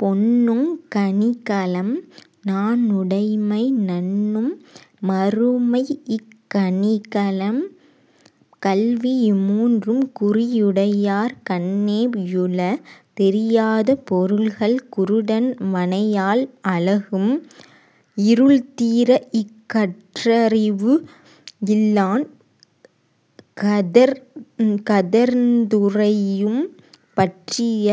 பெண்ணுக் கணிகலம் நாணுடைமை நண்ணும் மறுமைக் கணிகலம் கல்வி இம்மூன்றும் குறியுடையார் கண்ணே யுள.. தெரியாத பொருள்கள் குருடன் மனையாள் அழகும் இருள்தீரக் கற்றறிவு இல்லான் கதழ்ந்துரையும் பற்றிய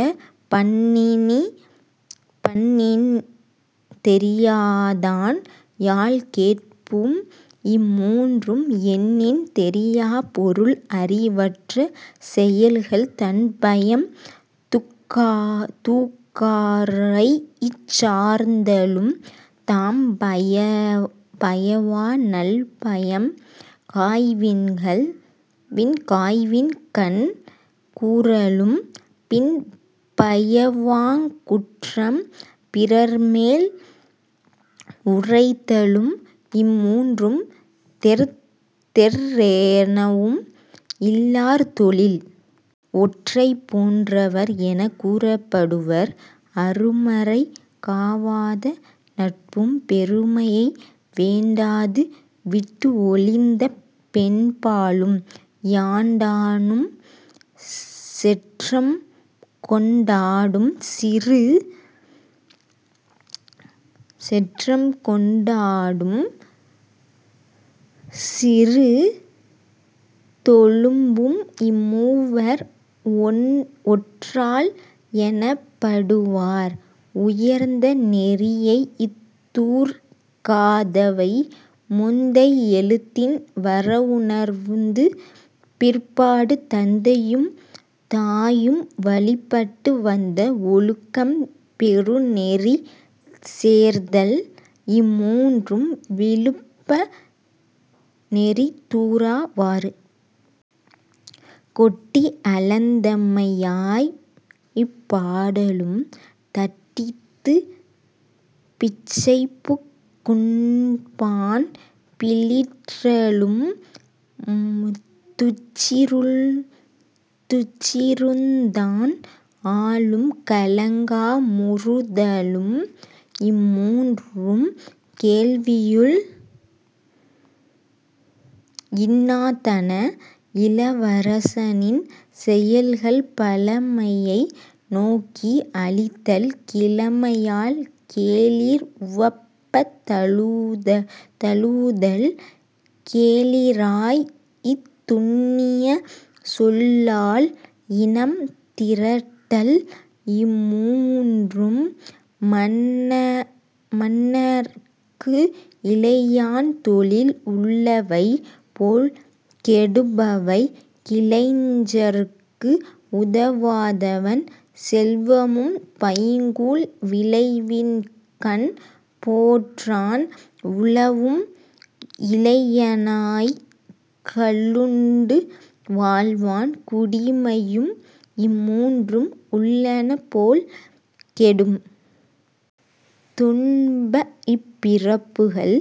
பண்ணின் தெரியாதான் யாழ்கேட்பும் இம்மூன்றும் எண்ணின் தெரியாப் பொருள்.. அறிவற்ற செயல்கள் தன்பயம் தூக்காரைச் சார்தலும் தாம்பயவா நல்பயம் காய்வின்கண் கூறலும் பின்பயவாக் குற்றம் பிறர்மேல் உரைத்தலும் இம்மூன்றும் தெற்றெனவு இல்லார் தொழில்.. ஒற்றரைப் போன்றவர் எனக் கூறப்படுவர் அருமறை காவாத நட்பும் பெருமையை வேண்டாது விட்டுஒழிந்த பெண்பாலும் யாண்டானும் செற்றம்கொண் டாடும் சிறுதொழும்பும் இம்மூவர் ஒற்றாள் எனப்படு வார்.. உயர்ந்த நெறியைத் தூர்க்காதவை முந்தை எழுத்தின் வரவுணர்ந்து பிற்பாடு தந்தையும் தாயும் வழிபட்டு வந்த ஒழுக்கம் பெருநெறி சேர்தல் இம்மூன்றும் விழுப்ப நெறிதூரா வாறு. கொட்டி அளந்தமையாப் பாடலும் தட்டித்துப் பிச்சைபுக் குண்பான் பிளிற்றலும் துச்சிருந்தான் ஆளும் கலங்கா முறுதலும் இம்மூன்றும் கேள்வியுள் இன்னா தன.. இளவரசனின் செயல்கள் பழமையை நோக்கி அளித்தல் கிழமையால் கேளிர் உவப்பத் தழுவுதல் கேளிராய்த் துன்னிய சொல்லால் இனம்திரட்டல் இம்மூன்றும் மன்னற்கு இளையான் தொழில்.. உள்ளவை போல் கெடுபவை கிளைஞர்க்கு உதவாதவன் செல்வமும் பைங்கூழ் விளைவின்கண் போற்றான் உழவும் இளையனாய்க் கள்ளுண்டு வாழ்வான் குடிமையும் இம்மூன்றும் உள்ளன போலக் கெடும்.. துன்பப் பிறப்புகள்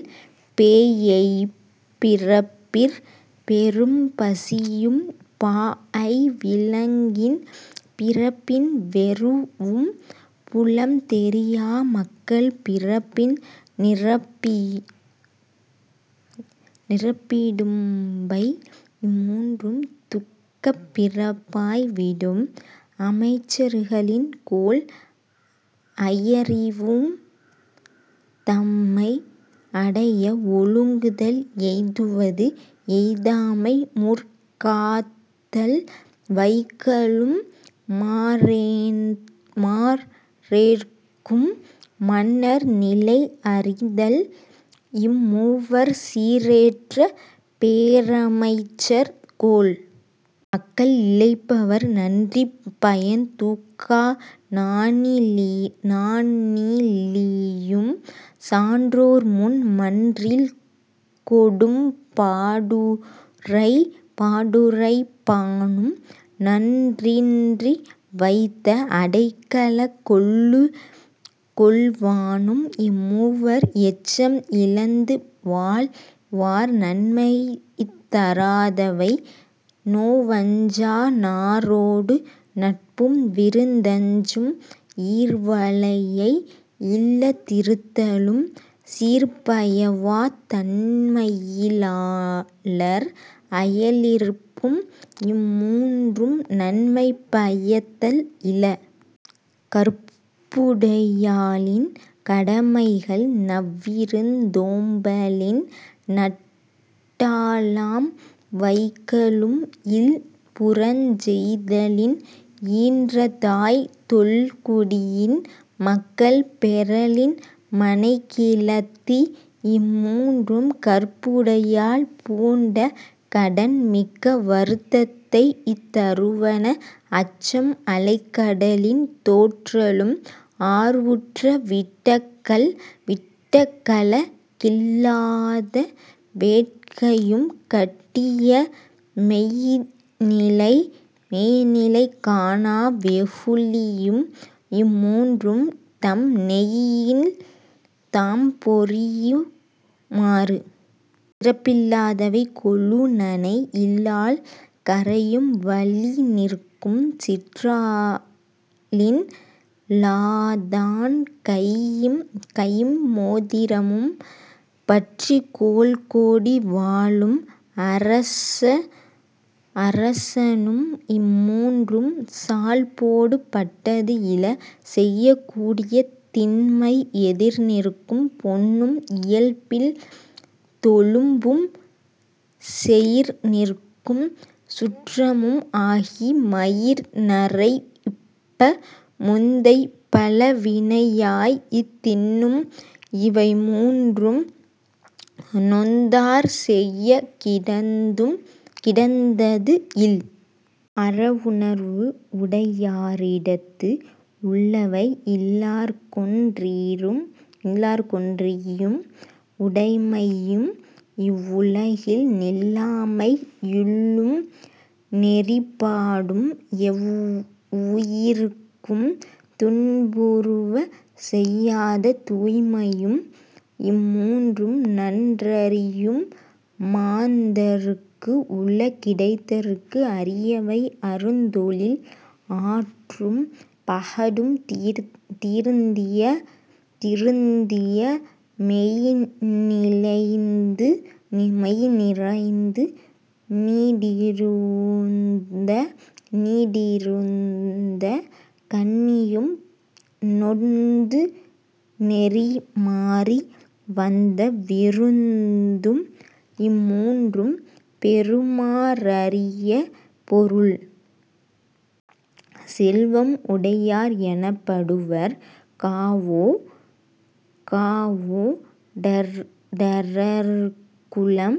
பேஎய்ப் பிறப்பிற் பெரும்பசியும் பாஅய் விலங்கின் பிறப்பின் வெருவும் புலம்தெரியா மக்கள் பிறப்பின் நிரப்பிடும்பை இம்மூன்றும் துக்கப் பிறப்பாய் விடும்.. அமைச்சர்களின் கோள் ஐயறிவும் தம்மை அடைய ஒழுகுதல் எய்துவது எய்தாமை முற்காத்தல் வைகலும் மாறேற்கும் மன்னர் நிலைஅறிதல் இம்மூவர் சீரேற்ற பேரமைச்சர் கோள்.. மக்களை இழப்பவர் நன்றிப் பயன்தூக்கா நாணிலியும் சான்றோர்முன் மன்றில் கொடும்பா டுரைப்பானும் நன்றின்றி வைத்த அடைக்கலங் கொள்வானும் இம்மூவர் எச்சம் இழந்துவாழ் வார்.. நன்மையைத் தாராதவை நோவஞ்சா தாரொடு நட்பும் விருந்தஞ்சும் ஈர்வளையை இல்லத் திருத்தலும் சீர்பயவாத் தன்மையி லாளர் அயலிருப்பும் இம்மூன்றும் நன்மை பயத்தல் இல.. கற்புடையாளின் கடமைகள் நல்விருந் தோம்பலின் நட்டாளாம் வைகலும் இல்புறஞ் செய்தலின் ஈன்றதாய் தொல்குடியின் மக்கள் பெறலின் மனைக்கிழத்தி இம்மூன்றும் கற்புடையாள் பூண்ட கடன்.. மிக்க வருத்தத்தைத் தருவன அச்சம் அலைகடலின் தோன்றலும் ஆர்வுற்ற விட்டகல கில்லாத வேட்கையும் கட்டிய மெய்ந்நிலை காணா வெகுளியும் இம்மூன்றும் தம்நெய்யில் தாம்பொரியு மாறு.. சிறப்பில்லாதவை கொழுநனை இல்லாள் கறையும் வழிநிற்கும் சிற்றாளில் லாதான்கைம் மோதிரமும் பற்றிய கோல்கோடி வாழும் அரசனும் இம்மூன்றும் சால்போடு பட்டது இல.. செய்யக்கூடிய திண்மை எதிர்நிற்கும் பெண்ணும் இயல்பில் தொழும்பும் செயிர்நிற்கும் சுற்றமும் ஆகி மயிர்நரைப்ப முந்தை பழவினையாய்த் தின்னும் இவைமூன்றும் நொந்தார் செயக்கிடந்தது இல்.. அறவுணர்வு உடையாரிடத்து உள்ளவை இல்லார்க்கொன் றீயும் உடைமையும் இவ்வுலகில் நில்லாமை யுள்ளும் நெறிப்பாடும் எவ்வுயிர்க்கும் துன்புறுவ செய்யாத தூய்மையும் இம்மூன்றும் நன்றறியும் மாந்தர்க்கு உள.. கிடைத்தற்கு அரியவை அருந்தொழில் ஆற்றும் பகடும் திருந்திய மெய்ந்நிறைந்து நீடிருந்த கன்னியும் நொந்து நெறிமாறி வந்த விருந்தும் இம்மூன்றும் பெறுமா றரிய பொருள்.. செல்வம் உடையார் எனப்படுவர் காவோ டறக்குளம்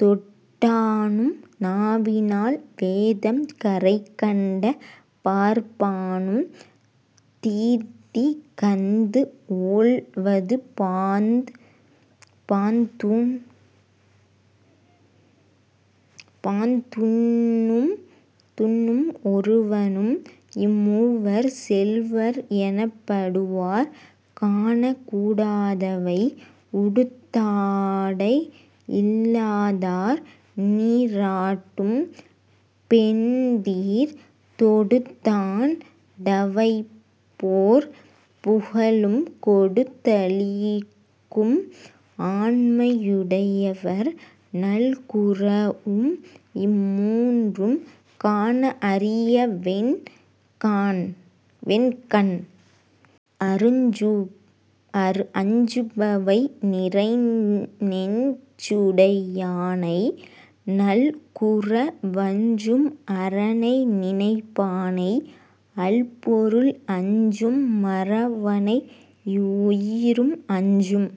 தொட்டானும் நாவினால் வேதம் கரைகண்ட பார்ப்பானும் தீதிகந்து ஒல்வதுபாத் துண்ணும் ஒருவனும் இம்மூவர் செல்வர் எனப்படு வார்.. காணக் கூடாதவை உடுத்தாடை இல்லாதார் நீராட்டும் பெண்டிர் தொடுத்தாண் டவைப்போர் புகலும் கொடுத்தளிக்கும் ஆண்மை யுடையவர் நல்குரவும் இம்மூன்றும் காண அரியவென் கண்.. அஞ்சுபவை நிறைநெஞ் சுடையானை நல்குர வஞ்சும் அறனை நினைப்பானை அல்பொருள் அஞ்சும் மறவனை எவ்வுயிரும் அஞ்சும்